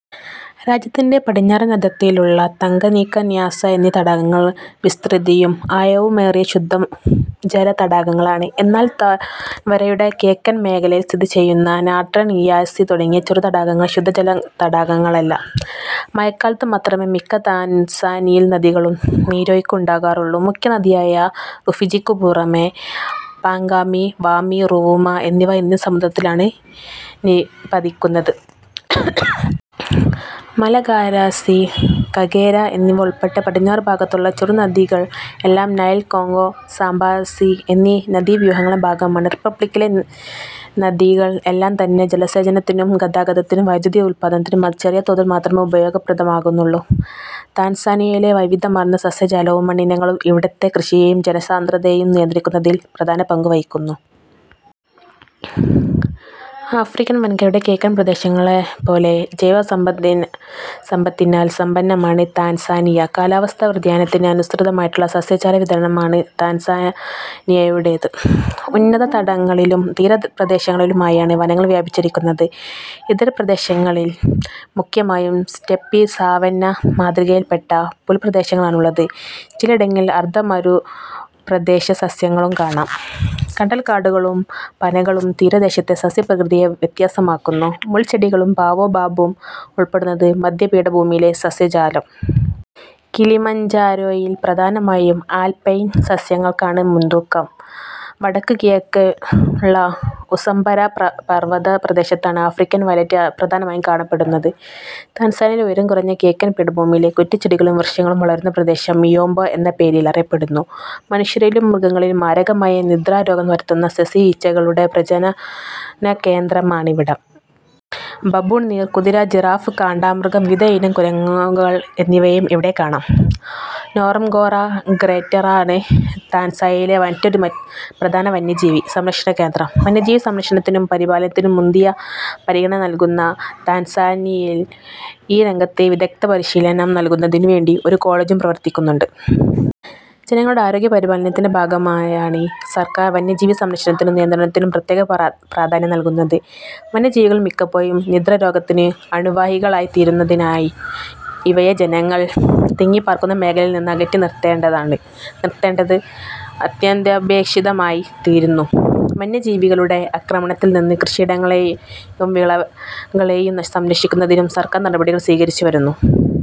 രാജ്യത്തിന്റെ പടിഞ്ഞാറൻ അതിർത്തിയിലുള്ള തങ്കനീക്ക, ന്യാസ എന്നീ തടാകങ്ങൾ വിസ്തൃതിയും ആഴവുമേറിയ ശുദ്ധജല തടാകങ്ങളാണ്. എന്നാൽ താഴ്‌വരയുടെ കിഴക്കൻ മേഖലയിൽ സ്ഥിതിചെയ്യുന്ന നാട്രൺ, ഇയാസി തുടങ്ങിയ ചെറുതടാകങ്ങൾ ശുദ്ധജലതടാകങ്ങളല്ല. മഴക്കാലത്തു മാത്രമേ മിക്ക താൻസാനിയൻ നദികളിലും നീരൊഴുക്ക് ഉണ്ടാകാറുള്ളൂ. മുഖ്യ നദിയായ റുഫിജിക്കു പുറമേ പാങ്ഗാനി, വാമി, റുവുമ എന്നിവ ഇന്ത്യൻ സമുദ്രത്തിലാണ് നിപതിക്കുന്നത്. മലഗരാസി, കഗേര എന്നിവ ഉൾപ്പെടെ പടിഞ്ഞാറുഭാഗത്തുള്ള ചെറുനദികൾ എല്ലാം നൈൽ, കോങ്ഗോ, സാംബസി എന്നീ നദീവ്യൂഹങ്ങളുടെ ഭാഗമാണ്. റിപ്പബ്ളിക്കിലെ നദികൾ എല്ലാംതന്നെ ജലസേചനത്തിനും ഗതാഗതത്തിനും വൈദ്യുതി ഉത്പാദനത്തിനും ചെറിയ തോതിൽ മാത്രമേ ഉപയോഗപ്രദമാകുന്നുള്ളൂ. താൻസാനിയയിലെ വൈവിധ്യമാർന്ന സസ്യജാലവും മണ്ണിനങ്ങളും ഇവിടത്തെ കൃഷിയേയും ജനസാന്ദ്രതയേയും നിയന്ത്രിക്കുന്നതിൽ പ്രധാന പങ്കുവഹിക്കുന്നു. ആഫ്രിക്കൻ വൻകരയുടെ കിഴക്കൻ പ്രദേശങ്ങളെപ്പോലെജൈവസമ്പത്തിനാൽ സമ്പന്നമാണ് താൻസാനിയ. കാലാവസ്ഥാ വ്യതിയാനത്തിന് അനുസൃതമായിട്ടുള്ള സസ്യജാല വിതരണമാണ് താൻസാനിയയുടേത്. ഉന്നതതടാകങ്ങളിലും തീരപ്രദേശങ്ങളിലുമായാണ് വനങ്ങൾ വ്യാപിച്ചിരിക്കുന്നത്. ഇതര പ്രദേശങ്ങളിൽ മുഖ്യമായും സ്റ്റെപ്പി-സാവന്ന മാതൃകയിൽപ്പെട്ട പുൽപ്രദേശങ്ങളാണുള്ളത്. ചിലയിടങ്ങളിൽ അർധ മരുപ്രദേശസസ്യങ്ങളും കാണാം. കണ്ടൽക്കാടുകളും പനകളും തീരദേശത്തെ സസ്യപ്രകൃതിയെ വ്യത്യസ്തമാക്കുന്നു. മുൾച്ചെടികളും ബാവോ ബാബും ഉൾപ്പെടുന്നത് മധ്യപീഠഭൂമിയിലെ സസ്യജാലം. കിലിമഞ്ജാരോയിൽ പ്രധാനമായും ആൽപൈൻ സസ്യങ്ങൾക്കാണ് മുൻതൂക്കം. വടക്ക് കിഴക്കുള്ള ഉസംബരാ പർവതപ്രദേശത്താണ് 'ആഫ്രിക്കൻ വയലറ്റ്' പ്രധാനമായും കാണപ്പെടുന്നത്. താൻസാനിയയിലെ ഉയരം കുറഞ്ഞ കിഴക്കൻ പീഠഭൂമിയിലെ കുറ്റിച്ചെടികളും വൃക്ഷങ്ങളും വളരുന്ന പ്രദേശം മിയോംബോ എന്ന പേരിൽ അറിയപ്പെടുന്നു. മനുഷ്യരിലും മൃഗങ്ങളിലും മാരകമായ നിദ്രാരോഗം പരത്തുന്ന സെസി ഈച്ചകളുടെ പ്രജനനകേന്ദ്രമാണിവിടം. ബബൂൺ, നീർക്കുതിര, ജിറാഫ്, കാണ്ടാമൃഗം, വിവിധയിനം കുരങ്ങുകൾ എന്നിവയെയും ഇവിടെ കാണാം. നോറംഗോറ ക്രേറ്ററാണ് താൻസാനിയയിലെ മറ്റൊരു പ്രധാന വന്യജീവി സംരക്ഷണ കേന്ദ്രം. വന്യജീവി സംരക്ഷണത്തിനും പരിപാലനത്തിനും മുന്തിയ പരിഗണന നൽകുന്ന താൻസാനിയയിൽ ഈ രംഗത്ത് വിദഗ്ദ്ധ പരിശീലനം നൽകുന്നതിനു വേണ്ടി ഒരു കോളേജും പ്രവർത്തിക്കുന്നുണ്ട്. ജനങ്ങളുടെ ആരോഗ്യ പരിപാലനത്തിന്റെ ഭാഗമായാണ് സർക്കാർ വന്യജീവി സംരക്ഷണത്തിനും നിയന്ത്രണത്തിനും പ്രത്യേക പ്രാധാന്യം നൽകുന്നത്. വന്യജീവികൾ മിക്കപ്പോഴും നിദ്രാരോഗത്തിന്റെ അണുവാഹികളായിത്തീരുന്നതിനാൽ ഇവയെ ജനങ്ങൾ തിങ്ങിപ്പാർക്കുന്ന മേഖലകളിൽ നിന്ന് അകറ്റി നിർത്തേണ്ടത് അത്യന്താപേക്ഷിതമായി തീരുന്നു. വന്യജീവികളുടെ ആക്രമണത്തിൽ നിന്ന് കൃഷിയിടങ്ങളേയും വിളകളേയും സംരക്ഷിക്കുന്നതിനും സർക്കാർ നടപടികൾ സ്വീകരിച്ചുവരുന്നു.